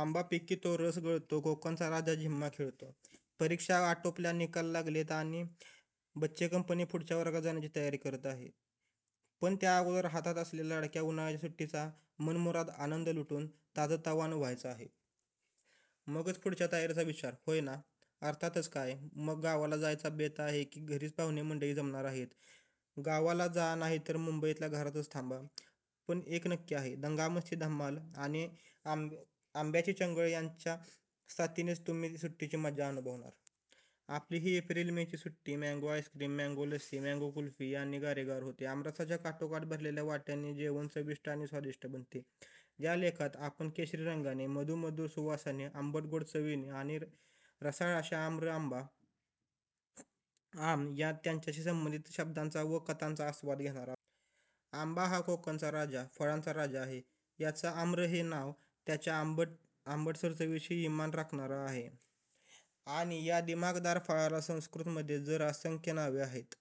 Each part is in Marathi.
आंबा पिकितो, रस गळतो, कोकणचा राजा झिम्मा खेळतो'... परीक्षा आटोपल्या, निकाल लागलेत आणि बच्चेकंपनी पुढच्या वर्गात जाण्याची तयारी करणार आहे. पण त्या अगोदर हातात असलेल्या लाडक्या उन्हाळ्याच्या सुट्टीचा मनमुराद आनंद लुटून ताजंतवानं व्हायचं आहे. मगच पुढच्या तयारीचा विचार, होय ना? अर्थातच. काय मग, गावाला जायचा बेत आहे की घरीच पाहुणेमंडळी जमणार आहेत? गावाला जा, नाहीतर मुंबईतल्या घरातच थांबा. पण एक नक्की आहे की, दंगामस्ती, धम्माल आणि आंब्याची चंगळ यांच्या साथीनेच तुम्ही सुट्टीची मजा अनुभवणार. आपली ही एप्रिल-मेची सुट्टी mango ice cream, mango lassi, mango kulfi यांनी गारेगार होते. आमरसाच्या काठोकाठ भरलेल्या वाट्यांनी जेवण चविष्ट व स्वादिष्ट बनते. या लेखात आपण केशरी रंगाने, मधुमधुर सुवासाने, आंबटगोड चवीने आणि रसाळ अशा आम्र, आंबा, आम या व त्यांच्याशी संबंधित शब्दांचा व कथांचा आस्वाद घेणार आहोत. आंबा हा कोकणचा राजा, फळांचा राजा आहे. याचं 'आम्र' हे नाव त्याच्या आंबटसर चवीशी इमान राखणारं आहे आणि या दिमाखदार फळाला संस्कृतमध्ये तर असंख्य नावं आहेत.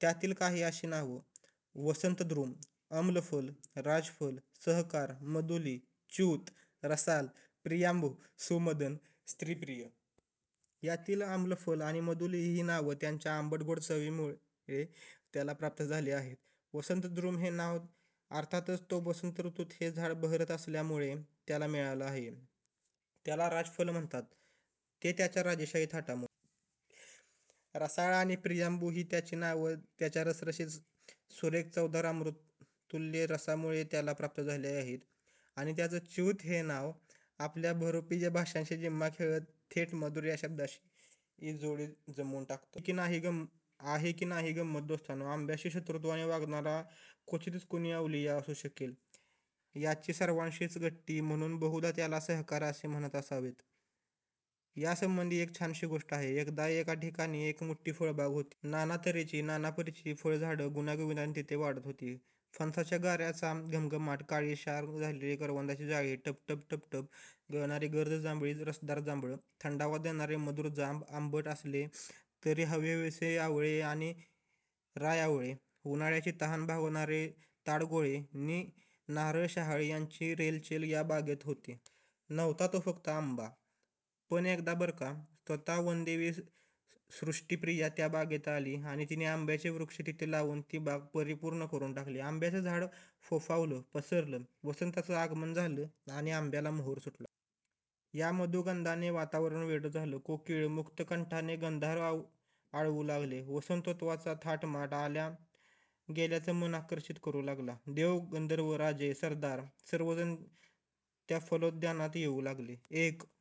त्यातली काही नावं अशी- वसंतद्रुम, अम्लफल, राजफल, सहकार, मधूली, चूत, रसाल, प्रियांबू, सुमदन, स्त्रीप्रिय. यातली अम्लफल आणि मधूली ही नावं त्यांच्या आंबटगोड अवीट चवीमुळे त्याला प्राप्त झाली आहेत. वसंतद्रुम हे त्याचं नाव अर्थातच तो वसंत ऋतूत हे झाड बहरत असल्यामुळे त्याला मिळालं आहे. त्याला राजफल म्हणतात, ते त्याच्या राजेशाही थाटामुळे. रसाल आणि प्रियांबू ही त्याची नावं त्याच्या रसरशीत सुरेख चवदार अमृततुल्य रसामुळे त्याला प्राप्त झाली आहेत. आणि त्याचं चूत हे नाव आपल्या भारोपीय भाषांशी झिम्मा खेळत थेट मधुर या शब्दाशी जोडी जमवून टाकतं. आहे की नाही गंमत! दोस्तांनो, आंब्याशी शत्रुत्वाने वागणारा क्वचितच कुणी अवलिया असू शकेल. याची सर्वांशीच गट्टी, म्हणून बहुधा त्याला 'सहकार' म्हणत असावेत. यासंबंधी एक छानशी गोष्ट आहे. एकदा एका ठिकाणी एक मोठी फळबाग होती. नाना तऱ्हेची, नाना परीची फळझाडं गुण्यागोविंदाने तिथे वाढत होती. फणसाच्या गऱ्यांचा घमघमाट, काळीशार झालेली करवंदाची जाळी, टपटप टपटप गळणारी गर्द जांभळी रसदार जांभळं, थंडावा देणारे मधुर जांब, आंबट असले, तरी हवेहवेसे असे आवळे नि रायआवळे, उन्हाळ्याची तहान भागवणारे ताडगोळे नि नारळ-शहाळी यांची रेलचेल या बागेत होती. नव्हता तो फक्त आंबा. पण एकदा बरं का, स्वतः वनदेवी सृष्टीप्रिया त्या बागेत आली आणि तिने आंब्याचा वृक्ष तिथे लावून ती बाग परिपूर्ण करून टाकली. आंब्याचं झाड फोफावलं, पसरलं. वसंताचं आगमन झालं आणि आंब्याला मोहोर फुटला. त्याच्या मधुगंधाने वातावरण वेडं झालं. कोकीळ मुक्त कंठाने गंधार आळवू लागले. वसंतोत्सवाचा थाटमाट आल्या-गेल्याचं मन आकर्षित करू लागला. देव, गंधर्व, राजे, सरदार सर्वजण त्या फलोद्यानात येऊ लागले. एक